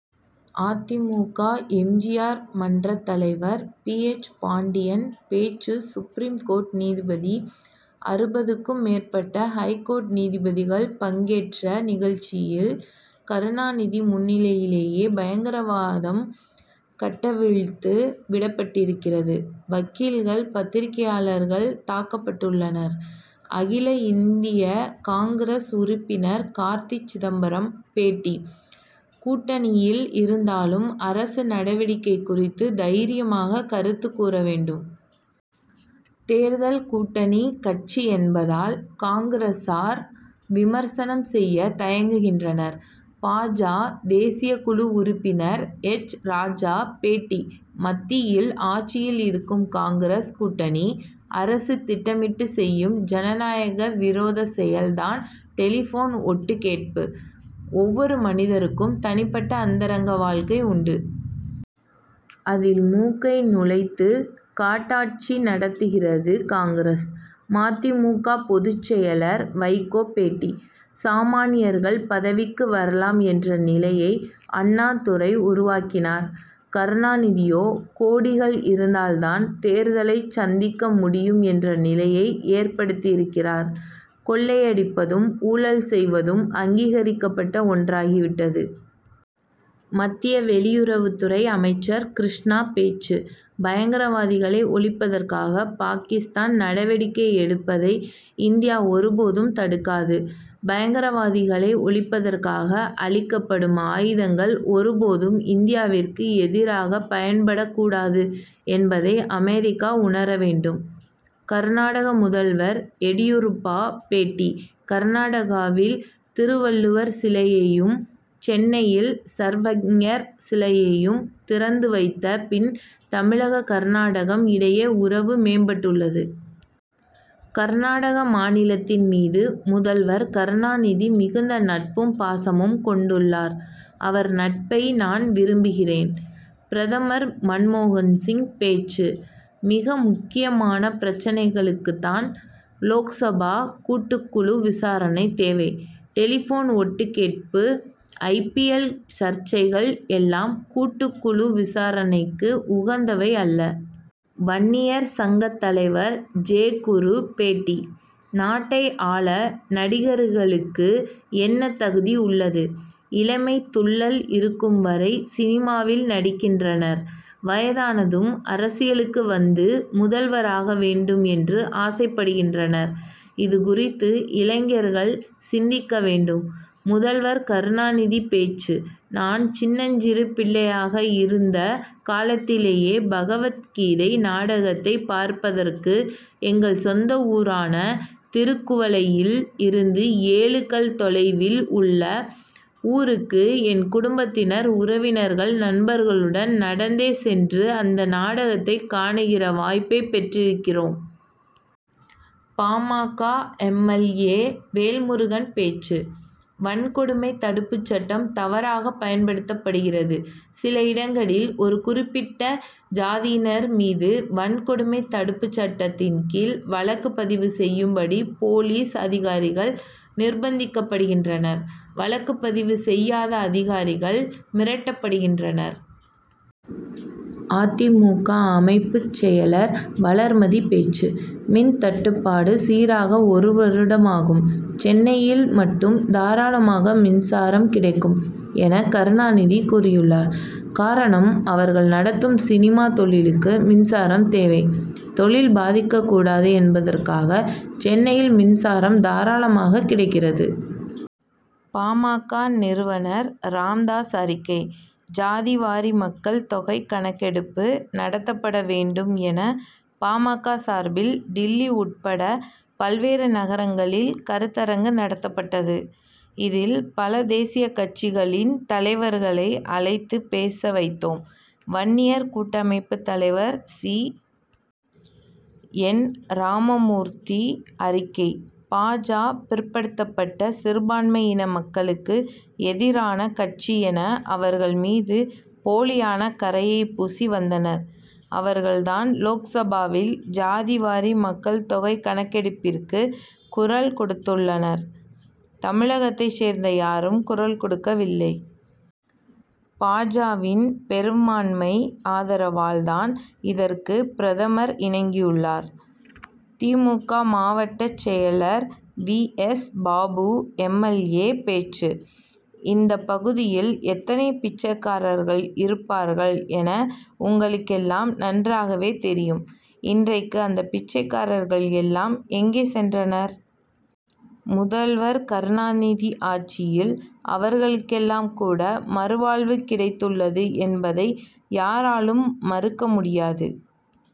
அ. தி. மு. க. எம். ஜி. ஆர். மன்றத் தலைவர் பி. எச். பாண்டியன் பேச்சு சுப்ரீம் கோர்ட் நீதிபதி அறுபதுக்கும் மேற்பட்ட ஐகோர்ட் நீதிபதிகள் பங்கேற்ற நிகழ்ச்சியில் கருணாநிதி முன்னிலையிலேயே பயங்கரவாதம் கட்டவிழ்த்து விடப்பட்டிருக்கிறது. வக்கீல்கள் பத்திரிகையாளர்கள் தாக்கப்பட்டுள்ளனர். அகில இந்திய காங்கிரஸ் உறுப்பினர் கார்த்தி சிதம்பரம் பேட்டி கூட்டணியில் இருந்தாலும் அரசு நடவடிக்கை குறித்து தைரியமாக கருத்து கூறவேண்டும். தேர்தல் கூட்டணி கட்சி என்பதால் காங்கிரசார் விமர்சனம் செய்ய தயங்குகின்றனர். பா. ஜ. தேசியக்குழு உறுப்பினர் எச். ராஜா பேட்டி மத்தியில் ஆட்சியில் இருக்கும் காங்கிரஸ் கூட்டணி அரசு திட்டமிட்டுச் செய்யும் ஜனநாயக விரோதச் செயல் தான் டெலிபோன் ஒட்டுக்கேட்பு. ஒவ்வொரு மனிதருக்கும் தனிப்பட்ட அந்தரங்க வாழ்க்கை உண்டு. அதில் மூக்கை நுழைத்து காட்டாட்சி நடத்துகிறது காங்கிரஸ். ம. தி. மு. க. பொதுச் செயலர் வைகோ பேட்டி சாமான்யர்கள் பதவிக்கு வரலாம் என்ற நிலையை அண்ணாதுரை உருவாக்கினார். கருணாநிதியோ கோடிகள் இருந்தால் தான் தேர்தலைச் சந்திக்க முடியும் என்ற நிலையை ஏற்படுத்தியிருக்கிறார். கொள்ளையடிப்பதும் ஊழல் செய்வதும் அங்கீகரிக்கப்பட்ட ஒன்றாகி விட்டது. மத்திய வெளியுறவுத் துறை அமைச்சர் கிருஷ்ணா பேச்சு பயங்கரவாதிகளை ஒழிப்பதற்காக பாகிஸ்தான் நடவடிக்கை எடுப்பதை இந்தியா ஒரு போதும் தடுக்காது. பயங்கரவாதிகளை ஒழிப்பதற்காக அளிக்கப்படும் ஆயுதங்கள் ஒரு போதும் இந்தியாவிற்கு எதிராக பயன்படக்கூடாது என்பதை அமெரிக்கா உணர வேண்டும். கர்நாடக முதல்வர் எடியூரப்பா பேட்டி கர்நாடகாவில் திருவள்ளுவர் சிலையையும் சென்னையில் சர்வக்ஞர் சிலையையும் திறந்து வைத்த பின் தமிழகம் கர்நாடகம் இடையே உறவு மேம்பட்டுள்ளது. கர்நாடக மாநிலத்தின் மீது முதல்வர் கருணாநிதி மிகுந்த நட்பும் பாசமும் கொண்டுள்ளார். அவர் நட்பை நான் விரும்புகிறேன். பிரதமர் மன்மோகன் சிங் பேச்சு மிக முக்கியமான பிரச்னைகளுக்குத்தான் லோக்சபா கூட்டுக் குழு விசாரணை தேவை. டெலிபோன் ஒட்டுக் கேட்பு ஐ. பி. எல். சர்ச்சைகள் எல்லாம் கூட்டுக் குழு விசாரணைக்கு உகந்தவை அல்ல. வன்னியர் சங்கத் தலைவர் ஜெ. குரு பேட்டி நாட்டை ஆள நடிகர்களுக்கு என்ன தகுதி உள்ளது? இளமைத் துள்ளல் இருக்கும் வரை சினிமாவில் நடிக்கின்றனர். வயதானதும் அரசியலுக்கு வந்து முதல்வராக வேண்டும் என்று ஆசைப்படுகின்றனர். இது குறித்து இளைஞர்கள் சிந்திக்க வேண்டும். முதல்வர் கருணாநிதி பேச்சு நான் சின்னஞ்சிறு பிள்ளையாக இருந்த காலத்திலேயே பகவத் கீதை நாடகத்தை பார்ப்பதற்கு எங்கள் சொந்த ஊரான திருக்குவளையில் இருந்து ஏழு கல் தொலைவில் உள்ள ஊருக்கு என் குடும்பத்தினர் உறவினர்கள் நண்பர்களுடன் நடந்தே சென்று அந்த நாடகத்தை காணுகிற வாய்ப்பைப் பெற்றிருக்கிறோம். பா. ம. க. எம். எல். ஏ. வேல்முருகன் பேச்சு வன்கொடுமை தடுப்புச் சட்டம் தவறாக பயன்படுத்தப்படுகிறது. சில இடங்களில் ஒரு குறிப்பிட்ட ஜாதியினர் மீது வன்கொடுமை தடுப்பு சட்டத்தின் கீழ் வழக்கு பதிவு செய்யும்படி போலீஸ் அதிகாரிகள் நிர்பந்திக்கப்படுகின்றனர். வழக்கு பதிவு செய்யாத அதிகாரிகள் மிரட்டப்படுகின்றனர். அ. தி. மு. க. அமைப்புச் செயலர் வளர்மதி பேச்சு மின் தட்டுப்பாடு சீராக ஒரு வருடமாகும் சென்னையில் மட்டும் தாராளமாக மின்சாரம் கிடைக்கும் என கருணாநிதி கூறியுள்ளார். காரணம் அவர்கள் நடத்தும் சினிமா தொழிலுக்கு மின்சாரம் தேவை. தொழில் பாதிக்கக்கூடாது என்பதற்காக சென்னையில் மின்சாரம் தாராளமாகக் கிடைக்கிறது. பா. ம. க. நிறுவனர் ராமதாஸ் அறிக்கை ஜாதி வாரி மக்கள் தொகை கணக்கெடுப்பு நடத்தப்பட வேண்டும் என பா. ம. க. சார்பில் டில்லி உட்பட பல்வேறு நகரங்களில் கருத்தரங்கு நடத்தப்பட்டது. இதில் பல தேசிய கட்சிகளின் தலைவர்களை அழைத்து பேச வைத்தோம். வன்னியர் கூட்டமைப்புத் தலைவர் சி. என். ராமமூர்த்தி அறிக்கை பா. ஜ. பிற்படுத்தப்பட்ட சிறுபான்மை இன மக்களுக்கு எதிரான கட்சி என அவர்கள் மீது போலியான கறையை பூசி வந்தனர். அவர்கள் தான் லோக்சபாவில் ஜாதி வாரி மக்கள் தொகை கணக்கெடுப்பிற்கு குரல் கொடுத்துள்ளனர். தமிழகத்தைச் சேர்ந்த யாரும் குரல் கொடுக்கவில்லை. பா. ஜ.வின் பெரும்பான்மை ஆதரவால் தான் இதற்கு பிரதமர் இணங்கியுள்ளார். தி. மு. க. மாவட்ட செயலர் V. S. Babu M. L. A. பேச்சு இந்தப் பகுதியில் எத்தனை பிச்சைக்காரர்கள் இருப்பார்கள் என உங்களுக்கெல்லாம் நன்றாகவே தெரியும். இன்றைக்கு அந்த பிச்சைக்காரர்கள் எல்லாம் எங்கே சென்றனர். முதல்வர் கருணாநிதி ஆட்சியில் அவர்களுக்கெல்லாம் கூட மறுவாழ்வு கிடைத்துள்ளது என்பதை யாராலும் மறுக்க முடியாது.